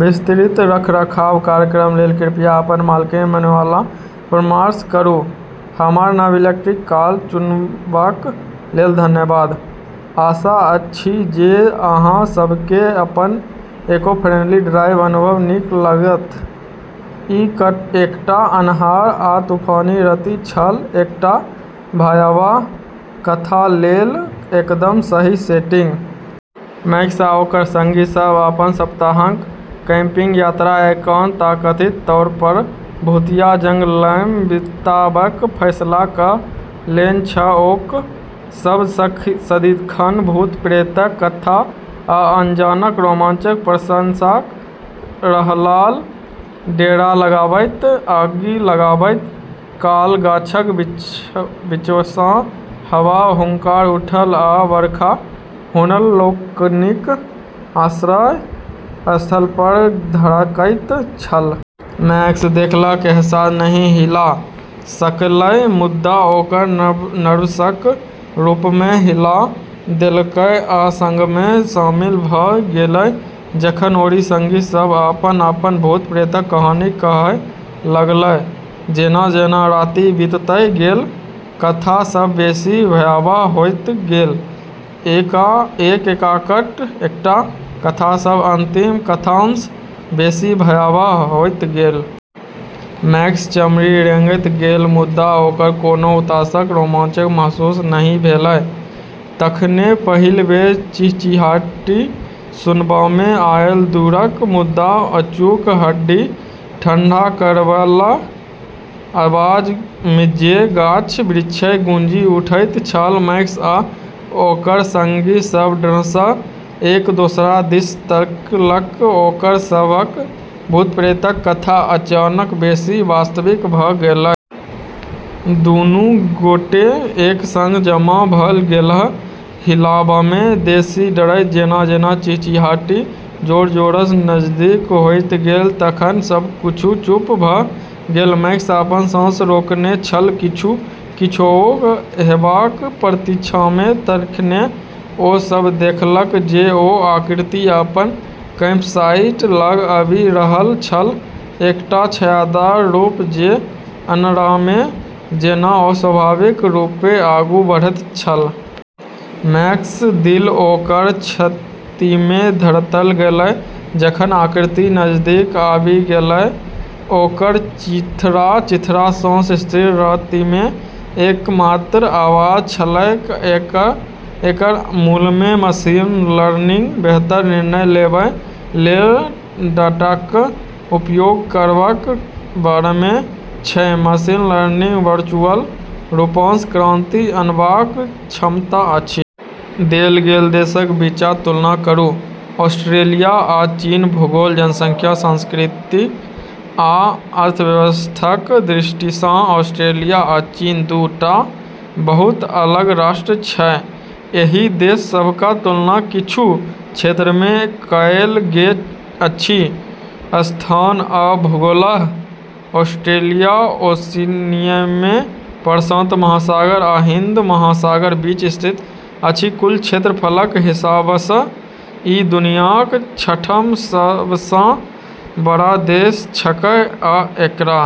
विस्तृत रखरखावक कार्यक्रम लेल कृपया अपन मालिकक मैनुअलसँ परामर्श करू। हमर नव इलेक्ट्रिक कार चुनबाक लेल धन्यवाद। आशा अछि जे अहाँ सभकेँ अपन इको-फ्रेंडली ड्राइविंग अनुभव नीक लागत। ई एकटा अन्हार आ तूफानी राति छल, एकटा भयावह कथा लेल एकदम सही सेटिंग। मैक्स आ ओकर संगी सभ अपन सप्ताहांतक कैम्पिंग यात्रा एकांत आ कथित तौरपर भूतिया जंगलमे बिताबैक फैसला कऽ लेने छल। ओ सभ सदिखन भूत-प्रेतक कथा आ अनजानक रोमांचक प्रशंसक रहलाह। डेरा लगाबैत आगि लगाबैत काल गाछक बीचसँ हवा हुंकार उठल आ बरखा हुनका लोकनिक आश्रय स्थलपर धड़कैत छल। मैक्स देखलाक एहसास नहि हिला सकलै, मुदा ओकरा नर्वसक रूपमे हिला देलकै आ संगमे शामिल भऽ गेलै, जखन ओकर संगी सभ अपन-अपन भूत-प्रेतक कहानी कहै लागलै। जेना-जेना राति बीतैत गेल, कथा सभ बेसी भयावह होइत गेल, एक-एकटा कथा सभ अंतिम कथासँ बेसी भयावह होइत गेल। मैक्सक चमड़ी रेंगैत गेलै, मुदा ओकरा कोनो उत्साहक रोमांच महसूस नहि भेलै। तखने पहिल बेर चिचियाहटि सुनबामे आयल। दूरक, मुदा अचूक, हड्डी ठंढा करैवला आवाज जे गाछ-बिरिछमे गूँजि उठैत छल। मैक्स आ ओकर संगी सभ डरसँ एक दोसरा दिस तकलक, ओकर सभक भूत-प्रेतक कथा अचानक बेसी वास्तविक भऽ गेलै। दूनू गोटे एक संग जमा भऽ गेलाह, हिलबामे बेसी डरैत, जेना-जेना चिचियाहटि जोर-जोरसँ नजदीक होइत गेल। तखन, सब किछु चुप भऽ गेल। मैक्स अपन साँस रोकने छल, किछु, किछुओ, हेबाक प्रतीक्षामे। तखने ओ सभ देखलक जे ओ आकृति अपन कैम्पसाइट लग आबि रहल छल, एकटा छायादार रूप जे अन्हारमे जेना अस्वाभाविक रूपेँ आगू बढ़ैत छल। मैक्सक दिल ओकर छातीमे धड़कैत गेलै जखन आकृति नजदीक आबि गेलै, ओकर चीथड़ा-चीथड़ा साँस स्थिर रातिमे एकमात्र आवाज छलैक। एकर मूलमे मशीन लर्निंग बेहतर निर्णय लेबै लेल डाटाक उपयोग करबाक बारेमे छै। मशीन लर्निंगमे वर्चुअल रूपसँ क्रांति अनबाक क्षमता अछि। देल गेल देशक बीच तुलना करू। ऑस्ट्रेलिया आ चीन भूगोल, जनसंख्या, संस्कृति, आ अर्थव्यवस्थाक दृष्टिसँ ऑस्ट्रेलिया आ चीन दू टा बहुत अलग राष्ट्र छै। एहि देश सभक तुलना किछु क्षेत्रमे कएल गेल अछि: स्थान आ भूगोल: ऑस्ट्रेलिया ओशिनियामे प्रशांत महासागर आ हिंद महासागरक बीच स्थित अछि कुल क्षेत्रफलक हिसाबसँ ई दुनियाक छठम सबसँ बड़ देश छकै आ एकरा।